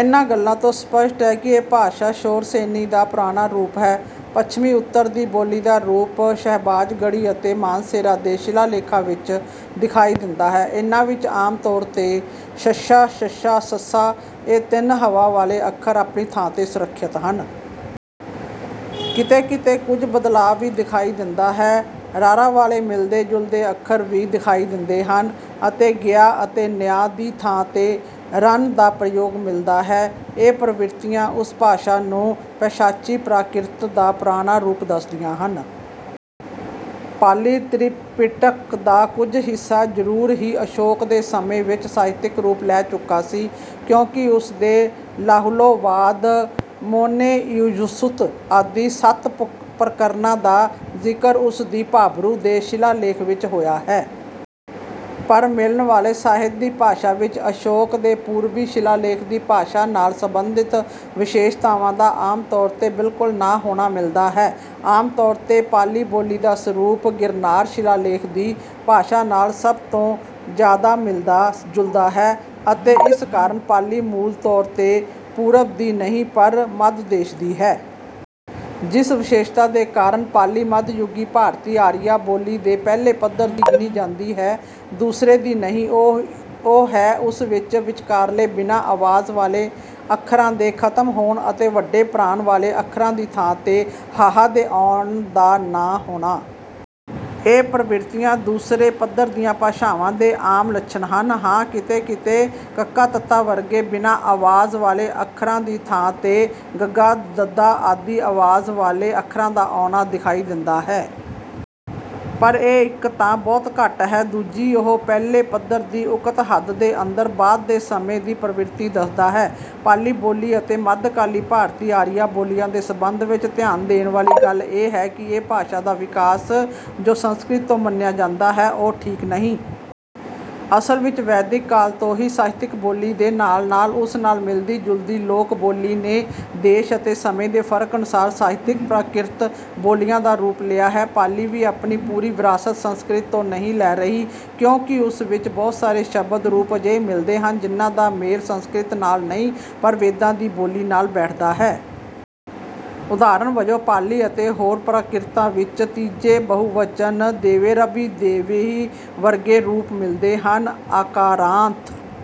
ਇਨ੍ਹਾਂ ਗੱਲਾਂ ਤੋਂ ਸਪੱਸ਼ਟ ਹੈ ਕਿ ਇਹ ਭਾਸ਼ਾ ਸ਼ੌਰਸੇਨੀ ਦਾ ਪੁਰਾਣਾ ਰੂਪ ਹੈ। ਪੱਛਮੀ ਉੱਤਰ ਦੀ ਬੋਲੀ ਦਾ ਰੂਪ ਸ਼ਹਬਾਜਗੜੀ ਅਤੇ ਮਾਨਸੇਰਾ ਦੇ ਸ਼ਿਲਾਲੇਖਾਂ ਵਿੱਚ ਦਿਖਾਈ ਦਿੰਦਾ ਹੈ। ਇਨ੍ਹਾਂ ਵਿੱਚ ਆਮ ਤੌਰ ਤੇ ਸ਼ ਸ਼ ਸ ਇਹ ਤਿੰਨਾਂ ਹਵਾ ਵਾਲੇ ਅੱਖਰ ਆਪਣੀ ਥਾਂ ਤੇ ਸੁਰੱਖਿਅਤ ਹਨ। ਕਿਤੇ ਕਿਤੇ ਕੁੱਝ ਬਦਲਾਅ ਵੀ ਦਿਖਾਈ ਦਿੰਦਾ ਹੈ। ਰ ਵਾਲੇ ਮਿਲਦੇ ਜੁਲਦੇ ਅੱਖਰ ਵੀ ਦਿਖਾਈ ਦਿੰਦੇ ਹਨ ਅਤੇ ਗਿਆ ਅਤੇ ਨਿਆ ਦੀ ਥਾਂ ਤੇ ਰਣ ਦਾ ਪ੍ਰਯੋਗ ਮਿਲਦਾ ਹੈ। ਇਹ ਪ੍ਰਵਿਰਤੀਆਂ ਉਸ ਭਾਸ਼ਾ ਨੂੰ ਪੈਸ਼ਾਚੀ ਪ੍ਰਾਕ੍ਰਿਤ ਦਾ ਪੁਰਾਣਾ ਰੂਪ ਦੱਸਦੀਆਂ ਹਨ। ਪਾਲੀ ਤ੍ਰਿਪਿਟਕ ਦਾ ਕੁੱਝ ਹਿੱਸਾ ਜਰੂਰ ਹੀ ਅਸ਼ੋਕ ਦੇ ਸਮੇਂ ਵਿੱਚ ਸਾਹਿਤਕ ਰੂਪ ਲੈ ਚੁੱਕਾ ਸੀ ਕਿਉਂਕਿ ਉਸ ਦੇ ਲਾਹੁਲੋਵਾਦ ਮੋਨੇਇਯਸੁੱਤ ਆਦਿ ਸੱਤ ਪ੍ਰਕਰਣਾਂ ਦਾ ਜ਼ਿਕਰ ਉਸਦੀ ਭਾਬਰੂ ਦੇ ਸ਼ਿਲਾਲੇਖ ਵਿੱਚ ਹੋਇਆ ਹੈ। ਪਰ ਮਿਲਣ ਵਾਲੇ ਸਾਹਿਤ ਦੀ ਭਾਸ਼ਾ ਵਿੱਚ ਅਸ਼ੋਕ ਦੇ ਪੂਰਬੀ ਸ਼ਿਲਾਲੇਖ ਦੀ ਭਾਸ਼ਾ ਨਾਲ ਸਬੰਧਿਤ ਵਿਸ਼ੇਸ਼ਤਾਵਾਂ ਦਾ ਆਮ ਤੌਰ ਤੇ ਬਿਲਕੁਲ ਨਾ ਹੋਣਾ ਮਿਲਦਾ ਹੈ। ਆਮ ਤੌਰ ਤੇ ਪਾਲੀ ਬੋਲੀ ਦਾ ਸਰੂਪ ਗਿਰਨਾਰ ਸ਼ਿਲਾਲੇਖ ਦੀ ਭਾਸ਼ਾ ਨਾਲ ਸਭ ਤੋਂ ਜਿਆਦਾ ਮਿਲਦਾ ਜੁਲਦਾ ਹੈ ਅਤੇ ਇਸ ਕਾਰਨ ਪਾਲੀ ਮੂਲ ਤੌਰ ਤੇ ਪੂਰਬ ਦੀ ਨਹੀਂ ਪਰ ਮੱਧ ਦੇਸ਼ ਦੀ ਹੈ। ਜਿਸ ਵਿਸ਼ੇਸ਼ਤਾ ਦੇ ਕਾਰਨ ਪਾਲੀ ਮਧਯੁਗੀ ਭਾਰਤੀ ਆਰੀਆ ਬੋਲੀ ਦੇ ਪਹਿਲੇ ਪੱਧਰ ਦੀ ਗਿਣੀ ਜਾਂਦੀ ਹੈ ਦੂਸਰੇ ਦੀ ਨਹੀਂ ਉਹ ਹੈ ਉਸ ਵਿੱਚ ਵਿਚਕਾਰਲੇ ਬਿਨਾਂ ਆਵਾਜ਼ ਵਾਲੇ ਅੱਖਰਾਂ ਦੇ ਖਤਮ ਹੋਣ ਅਤੇ ਵੱਡੇ ਪ੍ਰਾਣ ਵਾਲੇ ਅੱਖਰਾਂ ਦੀ ਥਾਂ ਤੇ ਹ ਦੇ ਆਉਣ ਦਾ ਨਾ ਹੋਣਾ। ਇਹ ਪ੍ਰਵਿਰਤੀਆਂ ਦੂਸਰੇ ਪੱਧਰ ਦੀਆਂ ਭਾਸ਼ਾਵਾਂ ਦੇ ਆਮ ਲੱਛਣ ਹਨ। ਹਾਂ ਕਿਤੇ ਕਿਤੇ ਕ ਤ ਵਰਗੇ ਬਿਨਾਂ ਆਵਾਜ਼ ਵਾਲੇ ਅੱਖਰਾਂ ਦੀ ਥਾਂ ਤੇ ਗ ਦ ਆਦਿ ਆਵਾਜ਼ ਵਾਲੇ ਅੱਖਰਾਂ ਦਾ ਆਉਣਾ ਦਿਖਾਈ ਦਿੰਦਾ ਹੈ। ਪਰ ਇਹ ਇੱਕ ਤਾਂ ਬਹੁਤ ਘੱਟ ਹੈ ਅਤੇ ਦੂਜੇ ਉਹ ਪਹਿਲੇ ਪੱਧਰ ਦੀ ਉਕਤ ਹੱਦ ਦੇ ਅੰਦਰ ਬਾਅਦ ਦੇ ਸਮੇਂ ਦੀ ਪ੍ਰਵਿਰਤੀ ਦੱਸਦਾ ਹੈ। ਪਾਲੀ ਬੋਲੀ ਅਤੇ ਮੱਧਕਾਲੀ ਭਾਰਤੀ ਆਰੀਆ ਬੋਲੀਆਂ ਦੇ ਸੰਬੰਧ ਵਿੱਚ ਧਿਆਨ ਦੇਣ ਵਾਲੀ ਗੱਲ ਇਹ ਹੈ ਕਿ ਇਹ ਭਾਸ਼ਾ ਦਾ ਵਿਕਾਸ ਜੋ ਸੰਸਕ੍ਰਿਤ ਤੋਂ ਮੰਨਿਆ ਜਾਂਦਾ ਹੈ ਉਹ ਠੀਕ ਨਹੀਂ। ਅਸਲ ਵਿੱਚ ਵੈਦਿਕ ਕਾਲ ਤੋਂ ਹੀ ਸਾਹਿਤਕ ਬੋਲੀ ਦੇ ਨਾਲ ਨਾਲ ਉਸ ਨਾਲ ਮਿਲਦੀ ਜੁਲਦੀ ਲੋਕ ਬੋਲੀ ਨੇ ਦੇਸ਼ ਅਤੇ ਸਮੇਂ ਦੇ ਫਰਕ ਅਨੁਸਾਰ ਸਾਹਿਤਕ ਪ੍ਰਾਕ੍ਰਿਤ ਬੋਲੀਆਂ ਦਾ ਰੂਪ ਲਿਆ ਹੈ। ਪਾਲੀ ਵੀ ਆਪਣੀ ਪੂਰੀ ਵਿਰਾਸਤ ਸੰਸਕ੍ਰਿਤ ਤੋਂ ਨਹੀਂ ਲੈ ਰਹੀ ਕਿਉਂਕਿ ਉਸ ਵਿੱਚ ਬਹੁਤ ਸਾਰੇ ਸ਼ਬਦ ਰੂਪ ਅਜਿਹੇ ਮਿਲਦੇ ਹਨ ਜਿਨ੍ਹਾਂ ਦਾ ਮੇਲ ਸੰਸਕ੍ਰਿਤ ਨਾਲ ਨਹੀਂ ਪਰ ਵੇਦਾਂ ਦੀ ਬੋਲੀ ਨਾਲ ਬੈਠਦਾ ਹੈ। ਉਦਾਹਰਨ ਵਜੋਂ ਪਾਲੀ ਅਤੇ ਹੋਰ ਪ੍ਰਾਕ੍ਰਿਤਾਂ ਵਿੱਚ ਤੀਜੇ ਬਹੁਵਚਨ ਦੇਵੇਰਭਿ ਦੇਵੇਹਿ ਵਰਗੇ ਰੂਪ ਮਿਲਦੇ ਹਨ। ਆਕਾਰਾਂਤ